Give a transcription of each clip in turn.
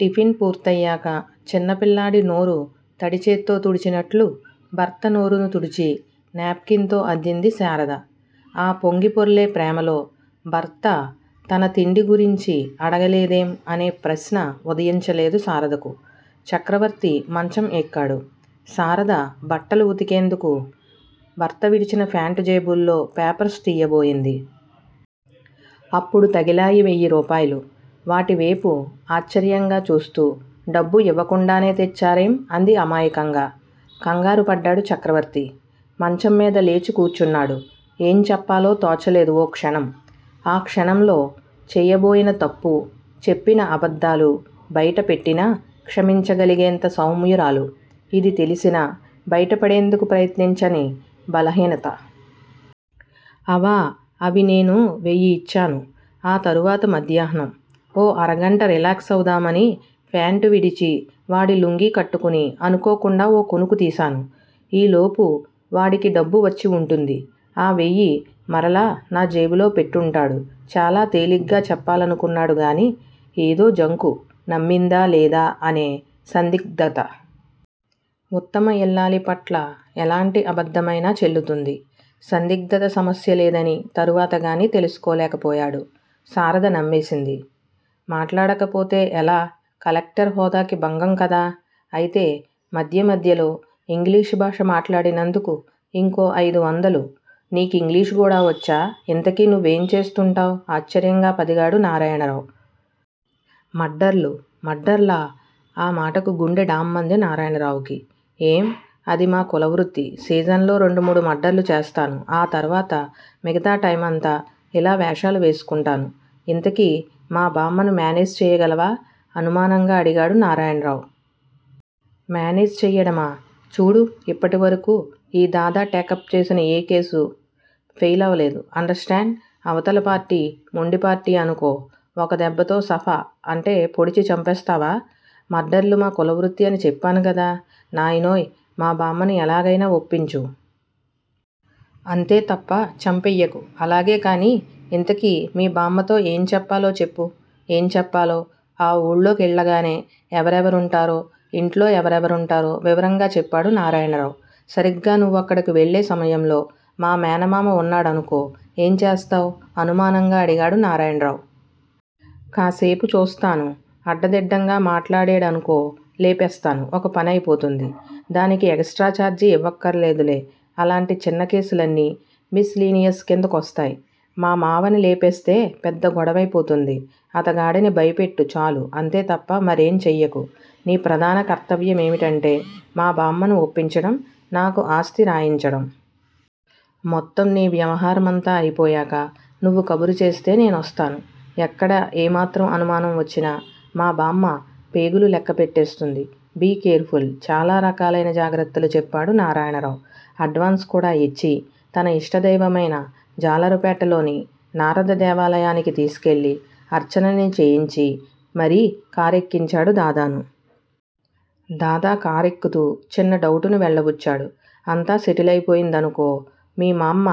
Tiffin పూర్తయ్యాక చిన్నపిల్లాడి నోరు తడిచేత్తో తుడిచినట్లు భర్త నోరును తుడిచి నేప్ కిన్ తో అద్దింది శారద. ఆ పొంగిపొర్లే ప్రేమలో భర్త తన తిండి గురించి అడగలేదేం అనే ప్రశ్న ఉదయించలేదు శారదకు. చక్రవర్తి మంచం ఎక్కాడు. శారద బట్టలు ఉతికేందుకు భర్త విడిచిన ఫ్యాంట్ జేబుల్లో పేపర్స్ తీయబోయింది. అప్పుడు తగిలాయి వెయ్యిరూపాయలు! వాటివేపు ఆశ్చర్యంగా చూస్తూ డబ్బు ఇవ్వకుండానే తెచ్చారేం? అంది అమాయకంగా. కంగారుపడ్డాడు చక్రవర్తి. మంచంమీద లేచి కూర్చున్నాడు. ఏం చెప్పాలో తోచలేదు ఓ క్షణం. ఆ క్షణంలో చేయబోయిన తప్పు, చెప్పిన అబద్ధాలు బయటపెట్టినా క్షమించగలిగేంత సౌమ్యురాలు. ఇది తెలిసినా బయటపడేందుకు ప్రయత్నించని బలహీనత. అవా అవి నేను వెయ్యి ఇచ్చాను. ఆ తరువాత మధ్యాహ్నం. ఓ అరగంట రిలాక్స్ అవుదామని ఫ్యాంటు విడిచి వాడి లుంగి కట్టుకొని అనుకోకుండా ఓ కునుకుతీశాను. ఈ లోపు వాడికి డబ్బు వచ్చి ఉంటుంది. ఆ వెయ్యి మరలా నా జేబులో పెట్టుంటాడు చాలా తేలిగ్గా చెప్పాలనుకున్నాడుగాని ఏదో జంకు నమ్మిందా లేదా అనే సందిగ్ధత. ఉత్తమ ఇల్లాలిపట్ల ఎలాంటి అబద్ధమైనా చెల్లుతుంది. సందిగ్ధత సమస్యలేదని తరువాతగాని తెలుసుకోలేకపోయాడు. శారద నమ్మేసింది. మాట్లాడకపోతే ఎలా కలెక్టర్ హోదాకి భంగం కదా? అయితే మధ్య మధ్యలో ఇంగ్లీషు భాష మాట్లాడినందుకు ఇంకో అయిదు వందలు నీకింగ్లీషు గూడా వచ్చా ఇంతకీ నువ్వేం చేస్తుంటావ్ ఆశ్చర్యంగా పదిగాడు నారాయణరావు. మర్డర్లు మర్డర్లా?! ఆ మాటకు గుండె ఢామ్మంది నారాయణరావుకి. ఏం అధి మా కుల వృత్తి సీజన్ లో రెండు మూడు మర్డర్లు చేస్తాను ఆ తర్వాత మిగతా టైమంతా ఇలా వేషాలు వేసుకుంటాను. ఇంతకీ మా బామ్మను మ్యనేజ్ చెయ్యగలవా అనుమానంగా అడిగాడు నారాయణరావు. మ్యనేజ్ చెయ్యడమా చూడు ఇప్పటివరకు ఈ దాదా టేకప్ చేసిన ఏ కేసూ ఫెయిలవలేదు అండర్ స్టాండ్ అవతల పార్టీ మొండి పార్టీ అనుకో ఒక దెబ్బతో సఫా అంటే పొడిచి చంపేస్తావా మర్డర్లు మా కులవృత్తి అని చెప్పాను గదా నాయనోయ్ మా బామ్మను ఎలాగయినా ఒప్పించు. అంతే తప్ప చంపెయ్యకు అలాగే కానీ ఇంతకీ మీ బామ్మతో ఏం చెప్పాలో చెప్పు ఏం చెప్పాలో, ఆ ఊళ్ళోకెళ్ళగానే ఎవరెవరుంటారో, ఇంట్లో ఎవరెవరుంటారో వివరంగా చెప్పాడు నారాయణరావు. సరిగ్గా నువ్వక్కడకు వెళ్ళే సమయంలో మా మేనమామ వున్నాడనుకో ఏం చేస్తావ్? అనుమానంగా అడిగాడు నారాయణరావు. కాసేపు చూస్తాను అడ్డదిడ్డంగా మాట్లాడేడనుకో లేపేస్తాను ఒక పనై పోతుంది దానికి ఎగస్ట్రా చార్జీ ఇవ్వక్కరాలేదులే. అలాంటి చిన్న కేసులన్నీ మిస్ లీనియన్స్ కింద కొస్తాయ్ మా మావని లేపేస్తే పెద్ద గొడవై పోతుంది. అతగాడిని భయపెట్టు చాలు. అంతే తప్ప మరేం చెయ్యకు. నీ ప్రధాన కర్తవ్యమేమిటంటే మా బామ్మను ఒప్పించడం, నాకు ఆస్తి రాయించడం. మొత్తం నీ వ్యవహారమంతా అయిపోయాక, నువ్వు కబురుచేస్తే నేనొస్తాను ఎక్కడ ఏమాత్రం అనుమానం వచ్చినా, మా బామ్మ పేగులు లెక్క పెట్టేస్తుంది బీ కేర్ ఫుల్ చాలా రకాలయిన జాగ్రత్తలు చెప్పాడు నారాయణరావు. అడ్వాన్స్ కూడా ఇచ్చి, తన ఇష్టదైవమైన జాలరుపేటలోని నారద దేవాలయానికి తీసికెళ్ళి, అర్చనలనీ చేయించి మరీ కారెక్కించాడు దాదాను. దాదా కారేక్కుతూ చిన్న డౌటును వెళ్ళబుచ్చాడు. అంతా సెటిలయి పోయిందనుకో మీ మామ్మ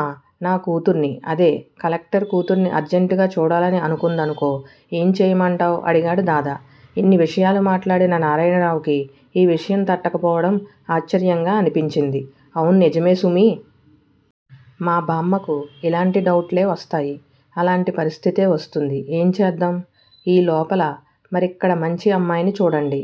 నా కూతుర్ని అదే కలెక్టర్ కూతుర్ని అర్జంటుగా చూడాలని అనుకుందనుకో ఏం చేయమంటావ్ అడిగాడు దాదా. ఇన్ని విషయాలు మాట్లాడిన నారాయణరావుకి ఈ విషయం తట్టకపోవడం ఆశ్చర్యంగా అనిపించింది. అవున్నిజమే సుమీ మా బామ్మకు ఇలాంటి డౌట్లే వస్తాయి అలాంటి పరిస్థితే వస్తుంది ఏం చేద్దాం ఈ లోపల మరిక్కడ మంచి అమ్మాయిని చూడండి